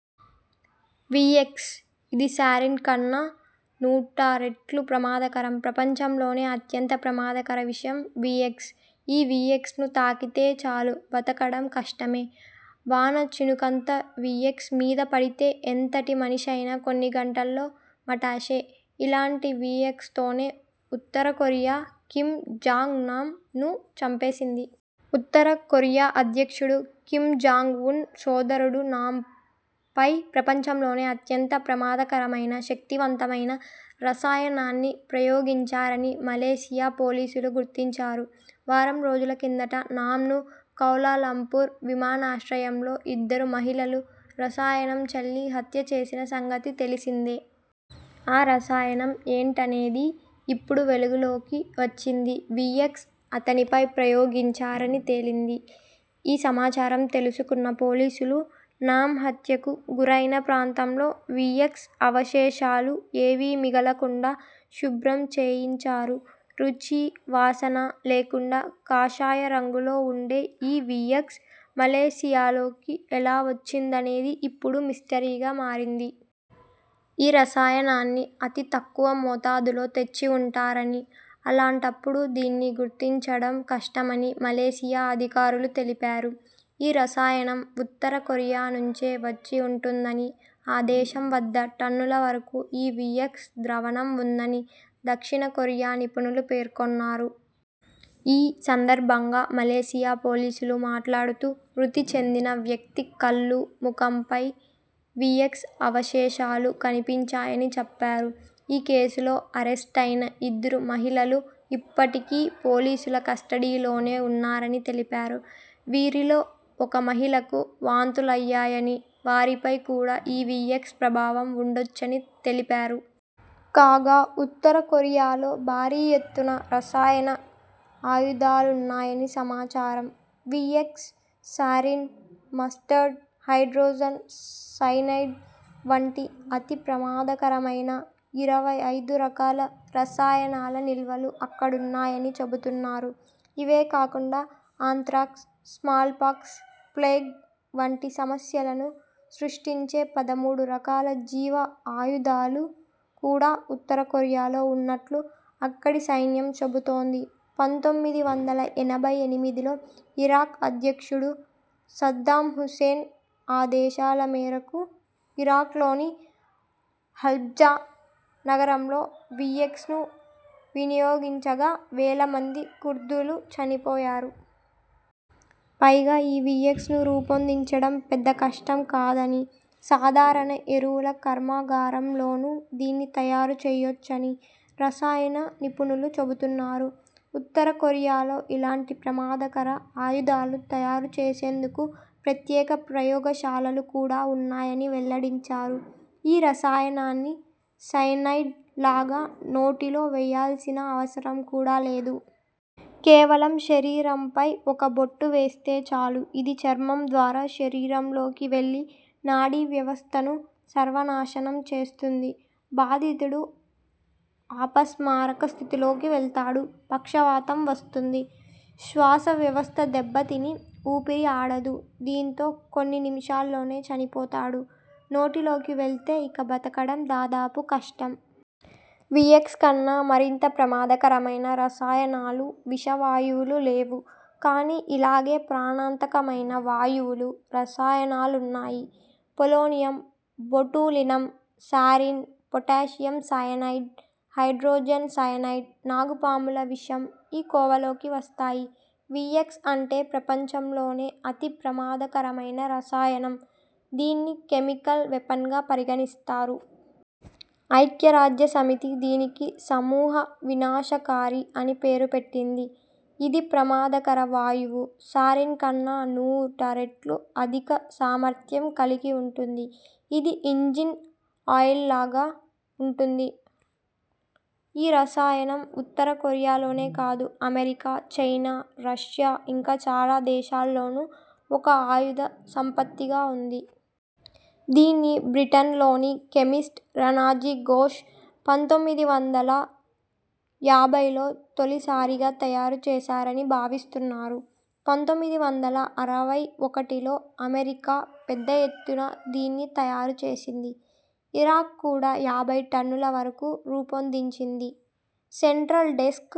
VX. ఇది sarin కన్నా నూట రెట్లు ప్రమాదకరం ప్రపంచంలోనే అత్యంత ప్రమాదకర విషం వీఎక్స్. ఈ వీఎక్స్ ను తాకితే చాలు బతకడం కష్టమే. వాన చినుకంత వీఎక్స్ మీద పడితే ఎంతటి మనిషైనా కొన్ని గంటల్లో మటాషే. ఇలాంటి వీఎక్స్ తోనే ఉత్తర కొరియా కిమ్ జాంగ్ నామ్ ను చంపేసింది. ఉత్తర కొరియా అధ్యక్షుడు కిమ్ జాంగ్ ఉన్ సోదరుడు నామ్ పై ప్రపంచంలోనే అత్యంత ప్రమాదకరమైన, శక్తివంతమైన రసాయనాన్ని ప్రయోగించారని మలేసియా పోలీసులు గుర్తించారు. వారం రోజుల కిందట నామ్ ను కౌలాలంపూర్ విమానాశ్రయంలో ఇద్దరు మహిళలు రసాయనం చల్లి హత్య చేసిన సంగతి తెలిసిందే. ఆ రసాయనం ఏంటనేది ఇప్పుడు వెలుగులోకి వచ్చింది. వీఎక్స్ అతనిపై ప్రయోగించారని తేలింది. ఈ సమాచారం తెలుసుకున్న పోలీసులు నామ్ హత్యకు గురైన ప్రాంతంలో వీఎక్స్ అవశేషాలు ఏవీ మిగలకుండా శుభ్రం చేయించారు. రుచి, వాసన లేకుండా కాషాయ రంగులో ఉండే.. ఈ వీఎక్స్ మలేసియాలోకి ఎలా వచ్చిందనేది ఇప్పుడు మిస్టరీగా మారింది. ఈ రసాయనాన్ని అతి తక్కువ మోతాదులో తెచ్చి ఉంటారని.. అలాంటపుడు దీన్ని గుర్తించడం కష్టమని మలేసియా అధికారులు తెలిపారు. ఈ రసాయనం ఉత్తర కొరియా నుంచే వచ్చి ఉంటుందని, ఆ దేశం వద్ద టన్నుల వరకు ఈ వీఎక్స్ ద్రావణం ఉందని దక్షిణ కొరియా నిపుణులు పేర్కొన్నారు. ఈ సందర్భంగా మలేసియా పోలీసులు మాట్లాడుతూ.. మృతి చెందిన వ్యక్తి కళ్లు, ముఖంపై వీఎక్స్ అవశేషాలు కనిపించాయని చెప్పారు. ఈ కేసులో అరెస్టయిన ఇద్దరు మహిళలూ ఇప్పటికీ పోలీసుల కస్టడీలోనే ఉన్నారని తెలిపారు. వీరిలో ఒక మహిళకు వాంతులయ్యాయని, వారిపై కూడా ఈ వీఎక్స్ ప్రభావం ఉండొచ్చని తెలిపారు. కాగా.. ఉత్తర కొరియాలో భారీ ఎత్తున రసాయన ఆయుధాలున్నాయని సమాచారం. VX, sarin, mustard, hydrogen cyanide వంటి అతి ప్రమాదకరమైన ఇరవై ఐదు రకాల రసాయనాల నిల్వలు అక్కడున్నాయని చెబుతున్నారు ఇవే కాకుండా ఆంత్రాక్స్, స్మాల్ పాక్స్, ప్లేగ్ వంటి సమస్యలను సృష్టించే పదమూడు రకాల జీవ ఆయుధాలు కూడా ఉత్తర కొరియాలో ఉన్నట్లు అక్కడి సైన్యం చెబుతోంది పంతొమ్మిది వందల ఎనభై ఎనిమిదిలో ఇరాక్ అధ్యక్షుడు సద్దాం హుసేన్ ఆదేశాల మేరకు ఇరాక్లోని హలబ్జా నగరంలో వీఎక్స్ ను వినియోగించగా, వేల మంది కుర్దులు చనిపోయారు. పైగా ఈ వీఎక్స్ ను రూపొందించడం పెద్ద కష్టం కాదని.. సాధారణ ఎరువుల కర్మాగారంలోనూ దీన్ని తయారు చేయొచ్చని రసాయన నిపుణులు చెబుతున్నారు. ఉత్తర కొరియాలో ఇలాంటి ప్రమాదకర ఆయుధాలు తయారు చేసేందుకు ప్రత్యేక ప్రయోగ శాలలు కూడా ఉన్నాయని వెల్లడించారు. ఈ రసాయనాన్ని సయనైడ్ లాగా నోటిలో వేయాల్సిన అవసరం కూడా లేదు. కేవలం శరీరంపై ఒక బొట్టు వేస్తే చాలు, ఇది చర్మం ద్వారా శరీరంలోకి వెళ్లి నాడీ వ్యవస్థను సర్వనాశనం చేస్తుంది. బాధితుడు అపస్మారక స్థితిలోకి వెళ్తాడు. పక్షవాతం వస్తుంది. శ్వాస వ్యవస్థ దెబ్బతిని.. ఊపిరి ఆడదు. దీంతో కొన్ని నిమిషాల్లోనే చనిపోతాడు. నోటిలోకి వెళ్తే, ఇక బతకడం దాదాపు కష్టం. వీఎక్స్ కన్నా మరింత ప్రమాదకరమైన రసాయనాలు, విషవాయువులు లేవు. కానీ ఇలాగే ప్రాణాంతకమైన వాయువులు, రసాయనాలున్నాయి. Polonium, botulinum, sarin, potassium cyanide, hydrogen cyanide, నాగుపాముల విషం ఈ కోవలోకి వస్తాయి. వీఎక్స్ అంటే..! ప్రపంచంలోనే అతి ప్రమాదకరమైన రసాయనం. దీన్ని కెమికల్ వెపన్గా పరిగణిస్తారు. ఐక్యరాజ్య సమితి దీనికి సమూహ వినాశకారి అని పేరుపెట్టింది. ఇది ప్రమాదకర వాయువు సారిన్ కన్నా నూట రెట్లు అధిక సామర్థ్యం కలిగి ఉంటుంది. ఇది ఇంజిన్ ఆయిల్లాగా ఉంటుంది. ఈ రసాయనం ఉత్తర కొరియా లోనే కాదు.. అమెరికా, చైనా, రష్యా ఇంకా చాలా దేశాల్లోనూ ఒక ఆయుధ సంపత్తిగా ఉంది. దీన్ని బ్రిటన్లోని కెమిస్ట్ రనాజీ ఘోష్ పంతొమ్మిది వందల యాభైలో తొలిసారిగా తయారు చేశారని భావిస్తున్నారు. పంతొమ్మిది వందల అరవై ఒకటిలో అమెరికా పెద్ద ఎత్తున దీన్ని తయారు చేసింది. ఇరాక్ కూడా యాభై టన్నుల వరకు రూపొందించింది. Central desk